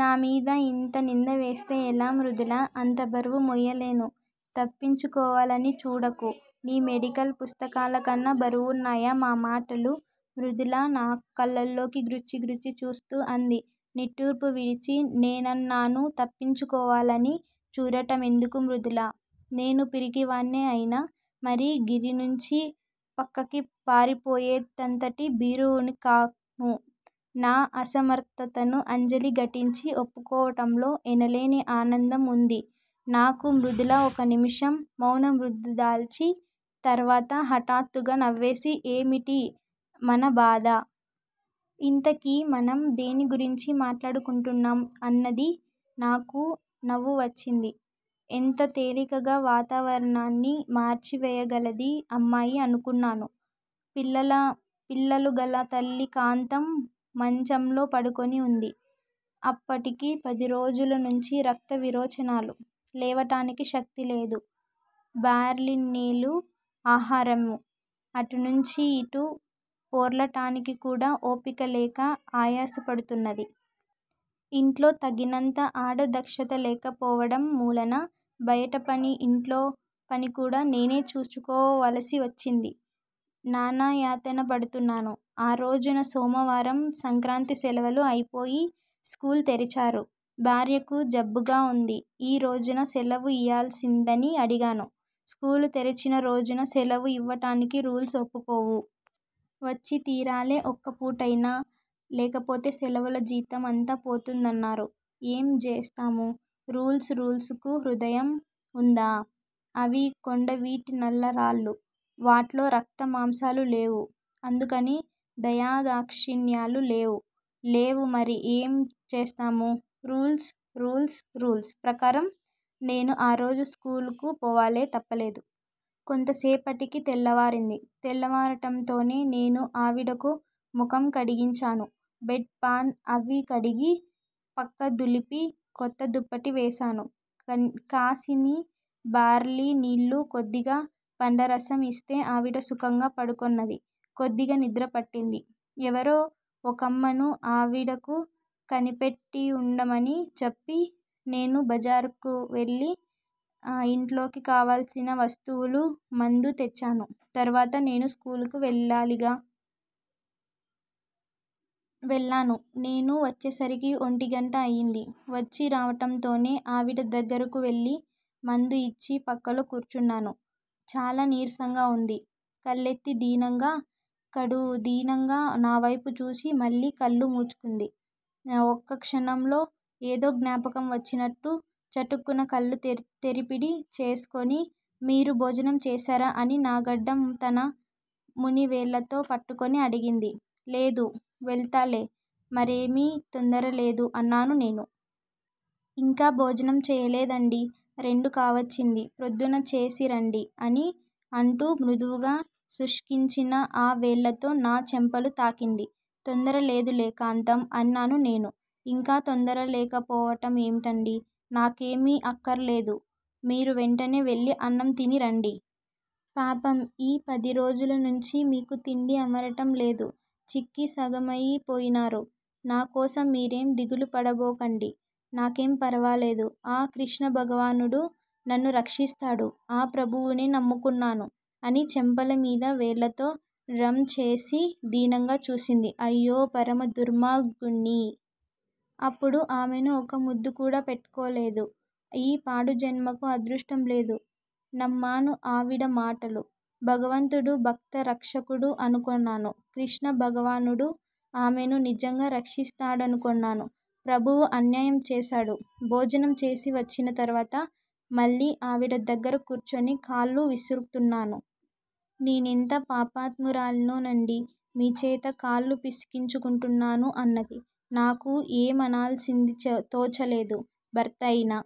నామీద యింత నిందవేస్తే ఎలా మృదులా! అంతబరువు మొయ్యలేను! తప్పించుకోవాలని చూడకు. నీ మెడికల్ పుస్తకాలకన్నా బరువున్నాయా మా మాటలు? మృదులా నా కళ్ళల్లోకి గ్రుచ్చి గ్రుచ్చి చూస్తూ అంది. నిట్టూర్పు విడిచి నేనన్నాను తప్పించుకోవాలని చూడటమెందుకు మృదులా? నేను పిరికివాణ్ణే అయినా మరీ గిరినుంచి ప్రక్కకి పారిపోయేటంతటి భీరువునుకాను నా అసమర్ధతను అంజలి ఘటించి ఒప్పుకోవటంలో ఎనలేని ఆనందం వుంది నాకు మృదుల ఒక నిమిషం మౌనముద్రదాల్చి, తర్వాత హఠాత్తుగా నవ్వేసి ఏమిటి మన బాధ? ఇంతకీ మనం దేన్నిగురించి మాట్లాడుకుంటున్నాం? అన్నది. నాకూ నవ్వు వచ్చింది. ఎంత తేలికగా వాతావరణాన్ని మార్చి వేయగలదీ అమ్మాయి అనుకున్నాను. పిల్లలు గల తల్లి కాంతం మంచంలో పడుకొని వుంది. అప్పటికి పదిరోజుల నుంచీ రక్త విరోచనాలు. లేవటానికి శక్తి లేదు. బార్లినీళ్ళే ఆహారము. అటునుంచి యిటు పొర్లటానికి కూడా ఓపిక లేక ఆయాస పడుతున్నది. ఇంట్లో తగినంత ఆడదక్షత లేకపోవడం మూలన బయటపని ఇంట్లో పనికూడా నేనే చూచుకో వలసి వచ్చింది. నానాయాతన పడుతున్నాను. ఆ రోజున సోమవారం సంక్రాంతి సెలవులు అయిపోయి స్కూలు తెరిచారు. భార్యకు జబ్బుగా వుంది. ఈ రోజున సెలవు ఇయ్యాలిసిందని అడిగాను. స్కూలు తెరిచిన రోజున సెలవు యివ్వటానికి రూల్సు ఒప్పుకోవు. వచ్చి తీరాలె ఒక్క పూటైనా, లేకపోతే సెలవుల జీతం అంతా పోతుందన్నారు. ఏం జేస్తాము. రూల్సు! రూల్సుకు హృదయం ఉందా? అవి కొండవీటి నల్ల రాళ్ళు. వాట్లో రక్తమాంసాలు లేవు, అందుకని దయాదాక్షిణ్యాలు లేవు. లేవు మరి ఏం జేస్తాము! రూల్సు! రూల్సు! రూల్సు ప్రకారం నేను ఆ రోజు స్కూలుకు పోవాలె, తప్పలేదు. కొంతసేపటికి తెల్లవారింది. తెల్లవారటంతోనే నేనూ ఆవిడకు మొఖం కడిగించాను, బెడ్ పాన్ అవీ కడిగి, పక్క దులిపి_క్రొత్త దుప్పటి వేశాను. కాసిని బార్లీ నీళ్ళు కొద్దిగా పండ్లరసం యిస్తే ఆవిడ సుఖంగా పడుకొన్నది. కొద్దిగా నిద్ర పట్టింది. ఎవరో ఒకమ్మను, ఆవిడకు కనిపెట్టివుండమని చెప్పి, నేను బజారు కెళ్ళి ఇంట్లోకి కావలసిన వస్తువులూ; మందూ తెచ్చాను తరువాత నేను స్కూలుకు వెళ్ళాలిగా! వెళ్ళాను. నేను వచ్చేసరికి ఒంటిగంట అయింది. వచ్చీ రావటంతోనే ఆవిడ దగ్గరకు వెళ్ళి మందుయిచ్చి ప్రక్కలో కూర్చున్నాను. చాలా నీరసంగా ఉంది, కళ్ళెత్తి దీనంగా_కడు దీనంగా నా వైపు చూచి మళ్ళీ కళ్ళు మూసుకొంది. ఒక్క క్షణంలో ఏదో జ్ఞాపకం వచ్చినట్లు చటుక్కున కళ్ళు తెరిపిడి చేసికొని, మీరు భోజనం చేశారా అని నా గడ్డం తన మునివేళ్ళతో పట్టుకొని అడిగింది, లేదు, వెళతాలే, మరేమీ తొందరలేదు అన్నాను నేను. ఇంకా భోజనం చెయ్యలేదండీ? రెండు కావచ్చింది. ప్రొద్దున చేసిరండీ అని అంటూ మృదువుగా శుష్కించిన ఆ వేళ్ళతో నా చెంపలు తాకింది, తొందర లేదులే కాంతం అన్నాను నేను. ఇంకా తొందర లేకపోవటం ఏమిటండీ? నాకేమీ అక్కరలేదు. మీరు వెంటనే వెళ్ళి అన్నం తిని రండి. పాపం, ఈ పదిరోజుల నుంచీ మీకు తిండి అమరటం లేదు. చిక్కి సగమయి పోయినారు, నాకోసం మీరేం దిగులుపడబోకండి. నాకేం ఫరవాలేదు. ఆ కృష్ణభగవానుడు నన్ను రక్షిస్తాడు. ఆ ప్రభువునే నమ్ముకున్నాను. అని చెంపల మీద వేళ్ళతో డ్రం చేసి దీనంగా చూసింది. అయ్యో పరమదుర్మార్గుణ్ణి. అపుడు ఆమెను ఒక ముద్దుకూడా పెట్టుకోలేదు. ఈ పాడుజన్మకు అదృష్టం లేదు. నమ్మాను ఆవిడ మాటలు. భగవంతుడు భక్త రక్షకుడు అనుకొన్నాను. కృష్ణ భగవానుడు ఆమెను నిజంగా రక్షిస్తాడనుకొన్నాను. ప్రభువు అన్యాయం చేశాడు. భోజనం చేసివచ్చిన తరువాత మళ్ళీ ఆవిడ దగ్గర కూర్చుని కాళ్ళు విసురుతున్నాను. నేనెంత పాపాత్మురాలినో నండి. మీచేత కాళ్ళు పిసికించుకుంటున్నాను అన్నది, నాకు ఏమనాలిసింది తోచలేదు, భర్త అయిన